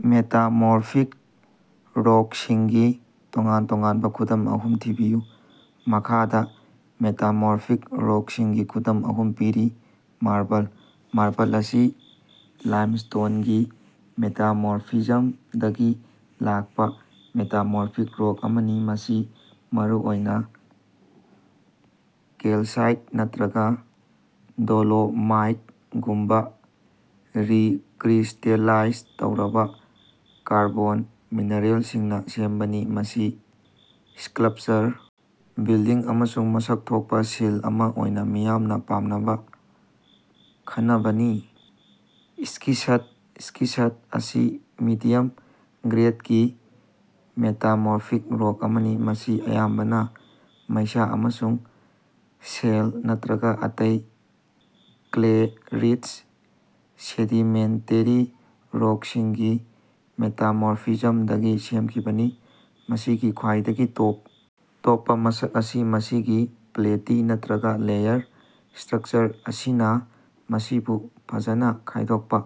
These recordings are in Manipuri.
ꯃꯦꯇꯥꯃꯣꯔꯐꯤꯛ ꯔꯣꯛꯁꯤꯡꯒꯤ ꯇꯣꯉꯥꯟ-ꯇꯣꯉꯥꯟꯕ ꯈꯨꯗꯝ ꯑꯍꯨꯝ ꯊꯤꯕꯤꯌꯨ꯫ ꯃꯈꯥꯗ ꯃꯦꯇꯥꯃꯣꯔꯐꯤꯛ ꯔꯣꯛꯁꯤꯡꯒꯤ ꯈꯨꯗꯝ ꯑꯍꯨꯝ ꯄꯤꯔꯤ꯫ ꯃꯥꯔꯕꯜ: ꯃꯥꯔꯕꯜ ꯑꯁꯤ ꯂꯥꯏꯝꯁ꯭ꯇꯣꯟꯒꯤ ꯃꯦꯇꯥꯃꯣꯔꯐꯤꯖꯝꯗꯒꯤ ꯂꯥꯛꯄ ꯃꯦꯇꯥꯃꯣꯔꯐꯤꯛ ꯔꯣꯛ ꯑꯃꯅꯤ, ꯃꯁꯤ ꯃꯔꯨꯑꯣꯏꯅ ꯀꯦꯜꯁꯥꯏꯠ ꯅꯠꯇ꯭ꯔꯒ ꯗꯣꯂꯣꯃꯥꯏꯠꯒꯨꯝꯕ ꯔꯤꯀ꯭ꯔꯤꯁꯇꯦꯂꯥꯏꯖ ꯇꯧꯔꯕ ꯀꯥꯔꯕꯣꯟ ꯃꯤꯅꯔꯦꯜꯁꯤꯡꯅ ꯁꯦꯝꯕꯅꯤ꯫ ꯃꯁꯤ ꯁ꯭ꯀꯜꯞꯆꯔ, ꯕꯤꯜꯗꯤꯡ ꯑꯃꯁꯨꯡ ꯃꯁꯛ ꯊꯣꯛꯄ ꯁꯤꯜ ꯑꯃ ꯑꯣꯏꯅ ꯃꯤꯌꯥꯝꯅ ꯄꯥꯝꯅꯕ ꯈꯟꯅꯕꯅꯤ꯫ ꯁ꯭ꯀꯤꯁꯠ ꯁ꯭ꯀꯤꯁꯠ ꯑꯁꯤ ꯃꯤꯗꯤꯌꯝ ꯒ꯭ꯔꯦꯗꯀꯤ ꯃꯦꯇꯥꯃꯣꯔꯐꯤꯛ ꯔꯣꯛ ꯑꯃꯅꯤ, ꯃꯁꯤ ꯑꯌꯥꯝꯕꯅ ꯃꯩꯁꯥ ꯑꯃꯁꯨꯡ ꯁꯦꯜ ꯅꯠꯇ꯭ꯔꯒ ꯑꯇꯩ ꯀ꯭ꯂꯦ-ꯔꯤꯆ ꯁꯦꯗꯤꯃꯦꯟꯇꯦꯔꯤ ꯔꯣꯛꯁꯤꯡꯒꯤ ꯃꯦꯇꯥꯃꯣꯔꯐꯤꯖꯝꯗꯒꯤ ꯁꯦꯝꯈꯤꯕꯅꯤ꯫ ꯃꯁꯤꯒꯤ ꯈ꯭ꯋꯥꯏꯗꯒꯤ ꯇꯣꯞ ꯇꯣꯞꯄ ꯃꯁꯛ ꯑꯁꯤ ꯃꯁꯤꯒꯤ ꯄ꯭ꯂꯦꯇꯤ ꯅꯠꯇ꯭ꯔꯒ ꯂꯦꯌꯔ ꯁ꯭ꯇꯔꯛꯆꯔ ꯑꯁꯤꯅ ꯃꯁꯤꯕꯨ ꯐꯖꯅ ꯈꯥꯏꯗꯣꯛꯄ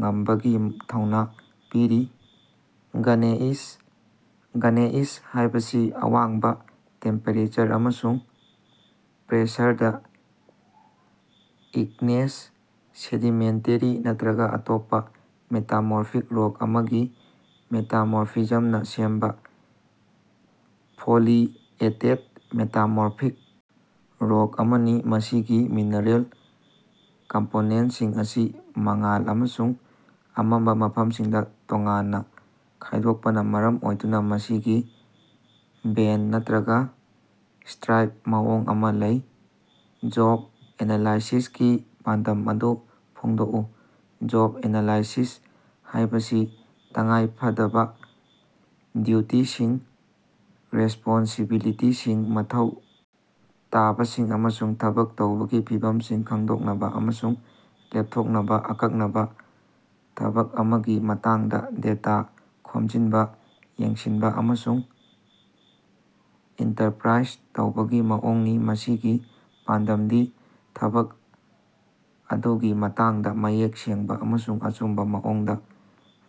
ꯉꯝꯕꯒꯤ ꯊꯧꯅ ꯄꯤꯔꯤ꯫ ꯒ꯭ꯅꯦꯏꯁ: ꯒ꯭ꯅꯦꯏꯁ ꯍꯥꯏꯕꯁꯤ ꯑꯋꯥꯡꯕ ꯇꯦꯝꯄꯦꯔꯦꯆꯔ ꯑꯃꯁꯨꯡ ꯄ꯭ꯔꯦꯁꯔꯗ ꯏꯒ꯭ꯅꯦꯁ, ꯁꯦꯗꯤꯃꯦꯟꯇꯦꯔꯤ ꯅꯠꯇ꯭ꯔꯒ ꯑꯇꯣꯞꯄ ꯃꯦꯇꯥꯃꯣꯔꯐꯤꯛ ꯔꯣꯛ ꯑꯃꯒꯤ ꯃꯦꯇꯥꯃꯣꯔꯐꯤꯖꯝꯅ ꯁꯦꯝꯕ ꯐꯣꯂꯤꯑꯦꯇꯦꯗ ꯃꯦꯇꯥꯃꯣꯔꯐꯤꯛ ꯔꯣꯛ ꯑꯃꯅꯤ꯫ ꯃꯁꯤꯒꯤ ꯃꯤꯅꯔꯦꯜ ꯀꯝꯄꯣꯅꯦꯟꯠꯁꯤꯡ ꯑꯁꯤ ꯃꯉꯥꯜ ꯑꯃꯁꯨꯡ ꯑꯃꯝꯕ ꯃꯐꯝꯁꯤꯡꯗ ꯇꯣꯉꯥꯟꯅ ꯈꯥꯏꯗꯣꯛꯄꯅ ꯃꯔꯝ ꯑꯣꯏꯗꯨꯅ ꯃꯁꯤꯒꯤ ꯕꯦꯟ ꯅꯠꯇ꯭ꯔꯒ ꯁ꯭ꯇꯔꯥꯏꯞ ꯃꯑꯣꯡ ꯑꯃ ꯂꯩ꯫ ꯖꯣꯕ ꯑꯦꯅꯥꯂꯥꯏꯁꯤꯁꯀꯤ ꯄꯥꯟꯗꯝ ꯑꯗꯨ ꯐꯣꯡꯗꯣꯛꯎ꯫ ꯖꯣꯕ ꯑꯦꯅꯥꯂꯥꯏꯁꯤꯁ ꯍꯥꯏꯕꯁꯤ ꯇꯉꯥꯏꯐꯗꯕ ꯗ꯭ꯌꯨꯇꯤꯁꯤꯡ, ꯔꯦꯁꯄꯣꯟꯁꯤꯕꯤꯂꯤꯇꯤꯁꯤꯡ, ꯃꯊꯧ ꯇꯥꯕꯁꯤꯡ ꯑꯃꯁꯨꯡ ꯊꯕꯛ ꯇꯧꯕꯒꯤ ꯐꯤꯚꯝꯁꯤꯡ ꯈꯪꯗꯣꯛꯅꯕ ꯑꯃꯁꯨꯡ ꯂꯦꯞꯊꯣꯛꯅꯕ ꯑꯀꯛꯅꯕ ꯊꯕꯛ ꯑꯃꯒꯤ ꯃꯇꯥꯡꯗ ꯗꯦꯇꯥ ꯈꯣꯝꯖꯤꯟꯅꯕ, ꯌꯦꯡꯁꯤꯟꯕ ꯑꯃꯁꯨꯡ ꯏꯟꯇꯔꯞꯔꯥꯏꯖ ꯇꯧꯕꯒꯤ ꯃꯑꯣꯡꯅꯤ꯫ ꯃꯁꯤꯒꯤ ꯄꯥꯟꯗꯝꯗꯤ ꯊꯕꯛ ꯑꯗꯨꯒꯤ ꯃꯇꯥꯡꯗ ꯃꯌꯦꯛ ꯁꯦꯡꯕ ꯑꯃꯁꯨꯡ ꯑꯆꯨꯝꯕ ꯃꯑꯣꯡꯗ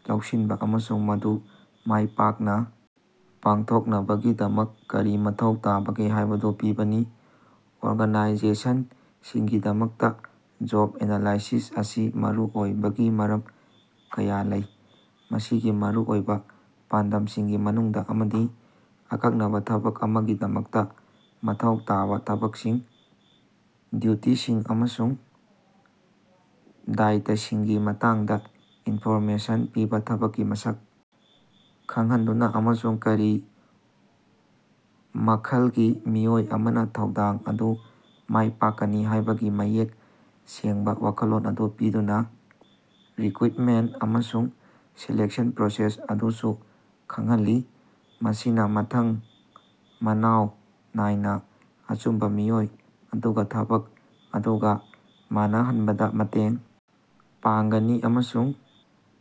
ꯂꯧꯁꯤꯟꯕ ꯑꯃꯁꯨꯡ ꯃꯗꯨ ꯃꯥꯏꯄꯥꯛꯅ ꯄꯥꯡꯊꯣꯛꯅꯕꯒꯤꯗꯃꯛ ꯀꯔꯤ ꯃꯊꯧ ꯇꯥꯕꯒꯦ ꯍꯥꯏꯕꯗꯨ ꯄꯤꯕꯅꯤ꯫ ꯑꯣꯔꯒꯥꯅꯥꯏꯖꯦꯁꯟꯁꯤꯡꯒꯤꯗꯃꯛꯇ ꯖꯣꯕ ꯑꯦꯅꯥꯂꯥꯏꯁꯤꯁ ꯑꯁꯤ ꯃꯔꯨꯑꯣꯏꯕꯒꯤ ꯃꯔꯝ ꯀꯌꯥ ꯂꯩ꯫ ꯃꯁꯤꯒꯤ ꯃꯔꯨꯑꯣꯏꯕ ꯄꯥꯟꯗꯝꯁꯤꯡꯒꯤ ꯃꯅꯨꯡꯗ ꯑꯃꯗꯤ ꯑꯀꯛꯅꯕ ꯊꯕꯛ ꯑꯃꯒꯤꯗꯃꯛꯇ ꯃꯊꯧ ꯇꯥꯕ ꯊꯕꯛꯁꯤꯡ, ꯗ꯭ꯌꯨꯇꯤꯁꯤꯡ ꯑꯃꯁꯨꯡ ꯗꯥꯏꯇꯁꯤꯡꯒꯤ ꯃꯇꯥꯡꯗ ꯏꯟꯐꯣꯔꯃꯦꯁꯟ ꯄꯤꯕ ꯊꯕꯛꯀꯤ ꯃꯁꯛ ꯈꯪꯍꯟꯗꯨꯅ, ꯑꯃꯁꯨꯡ ꯀꯔꯤ ꯃꯈꯜꯒꯤ ꯃꯤꯑꯣꯏ ꯑꯃꯅ ꯊꯧꯗꯥꯡ ꯑꯗꯨ ꯃꯥꯏ ꯄꯥꯛꯀꯅꯤ ꯍꯥꯏꯕꯒꯤ ꯃꯌꯦꯛ ꯁꯦꯡꯕ ꯋꯥꯈꯜꯂꯣꯟ ꯑꯃ ꯄꯤꯗꯨꯅ ꯔꯤꯀ꯭ꯔꯨꯏꯠꯃꯦꯟꯠ ꯑꯃꯁꯨꯡ ꯁꯦꯂꯦꯛꯁꯟ ꯄ꯭ꯔꯣꯁꯦꯁ ꯑꯗꯨꯁꯨ ꯈꯪꯍꯜꯂꯤ꯫ ꯃꯁꯤꯅ ꯃꯊꯪ ꯃꯅꯥꯏꯎ ꯅꯥꯏꯅ ꯑꯆꯨꯝꯕ ꯃꯤꯑꯣꯏ ꯑꯗꯨꯒ ꯊꯕꯛ ꯑꯗꯨꯒ ꯃꯥꯟꯅꯍꯟꯕꯗ ꯃꯇꯦꯡ ꯄꯥꯡꯒꯅꯤ ꯑꯃꯁꯨꯡ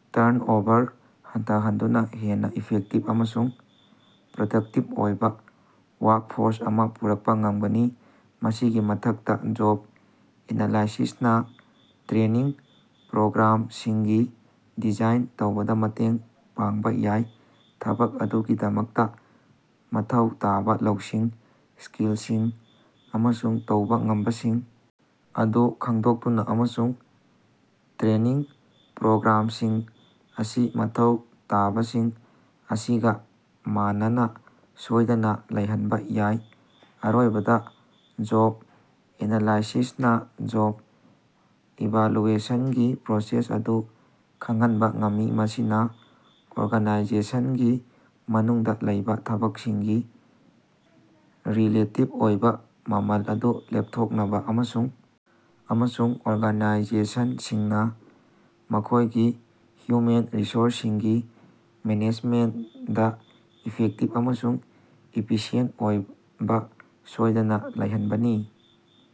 ꯇꯔꯟꯑꯣꯚꯔ ꯍꯟꯊꯍꯟꯗꯨꯅ ꯍꯦꯟꯅ ꯏꯐꯦꯛꯇꯤꯕ ꯑꯃꯁꯨꯡ ꯄ꯭ꯔꯗꯛꯇꯤꯕ ꯑꯣꯏꯕ ꯋꯥꯔꯛꯐꯣꯔꯁ ꯑꯃ ꯄꯨꯔꯛꯄ ꯉꯝꯒꯅꯤ꯫ ꯃꯁꯤꯒꯤ ꯃꯊꯛꯇ, ꯖꯣꯕ ꯑꯦꯅꯥꯂꯥꯏꯁꯤꯁꯅ ꯇ꯭ꯔꯦꯅꯤꯡ ꯄ꯭ꯔꯣꯒ꯭ꯔꯥꯝꯁꯤꯡꯒꯤ ꯗꯤꯖꯥꯏꯟ ꯇꯧꯕꯗ ꯃꯇꯦꯡ ꯄꯥꯡꯕ ꯌꯥꯏ, ꯊꯕꯛ ꯑꯗꯨꯒꯤꯗꯃꯛꯇ ꯃꯊꯧ ꯇꯥꯕ ꯂꯧꯁꯤꯡ, ꯁ꯭ꯀꯤꯜꯁꯤꯡ ꯑꯃꯁꯨꯡ ꯇꯧꯕ ꯉꯝꯕꯁꯤꯡ ꯑꯗꯨ ꯈꯪꯗꯣꯛꯇꯨꯅ ꯑꯃꯁꯨꯡ ꯇ꯭ꯔꯦꯅꯤꯡ ꯄ꯭ꯔꯣꯒ꯭ꯔꯥꯝꯁꯤꯡ ꯑꯁꯤ ꯃꯊꯧ ꯇꯥꯕꯁꯤꯡ ꯑꯁꯤꯒ ꯃꯥꯟꯅꯅ ꯁꯣꯏꯗꯅ ꯂꯩꯍꯟꯕ ꯌꯥꯏ꯫ ꯑꯔꯣꯏꯕꯗ, ꯖꯣꯕ ꯑꯦꯅꯥꯂꯥꯏꯁꯤꯁꯅ ꯖꯣꯕ ꯏꯚꯥꯜꯌꯨꯑꯦꯁꯟꯒꯤ ꯄ꯭ꯔꯣꯁꯦꯁ ꯑꯗꯨ ꯈꯪꯍꯟꯕ ꯉꯝꯃꯤ, ꯃꯁꯤꯅ ꯑꯣꯔꯒꯅꯥꯏꯖꯦꯁꯟꯒꯤ ꯃꯅꯨꯡꯗ ꯂꯩꯕ ꯊꯕꯛꯁꯤꯡꯒꯤ ꯔꯤꯂꯦꯇꯤꯚ ꯑꯣꯏꯕ ꯃꯃꯜ ꯑꯗꯨ ꯂꯦꯞꯊꯣꯛꯅꯕ ꯑꯃꯁꯨꯡ ꯑꯃꯁꯨꯡ ꯑꯣꯔꯒꯥꯅꯥꯏꯖꯦꯁꯟꯁꯤꯡꯅ ꯃꯈꯣꯏꯒꯤ ꯍ꯭ꯌꯨꯃꯦꯟ ꯔꯤꯁꯣꯔꯁꯁꯤꯡꯒꯤ ꯃꯦꯅꯦꯖꯃꯦꯟꯠꯗ ꯏꯐꯦꯛꯇꯤꯚ ꯑꯃꯁꯨꯡ ꯏꯐꯤꯁꯤꯑꯦꯟꯠ ꯑꯣꯏꯕ ꯁꯣꯏꯗꯅ ꯂꯩꯍꯟꯕꯅꯤ꯫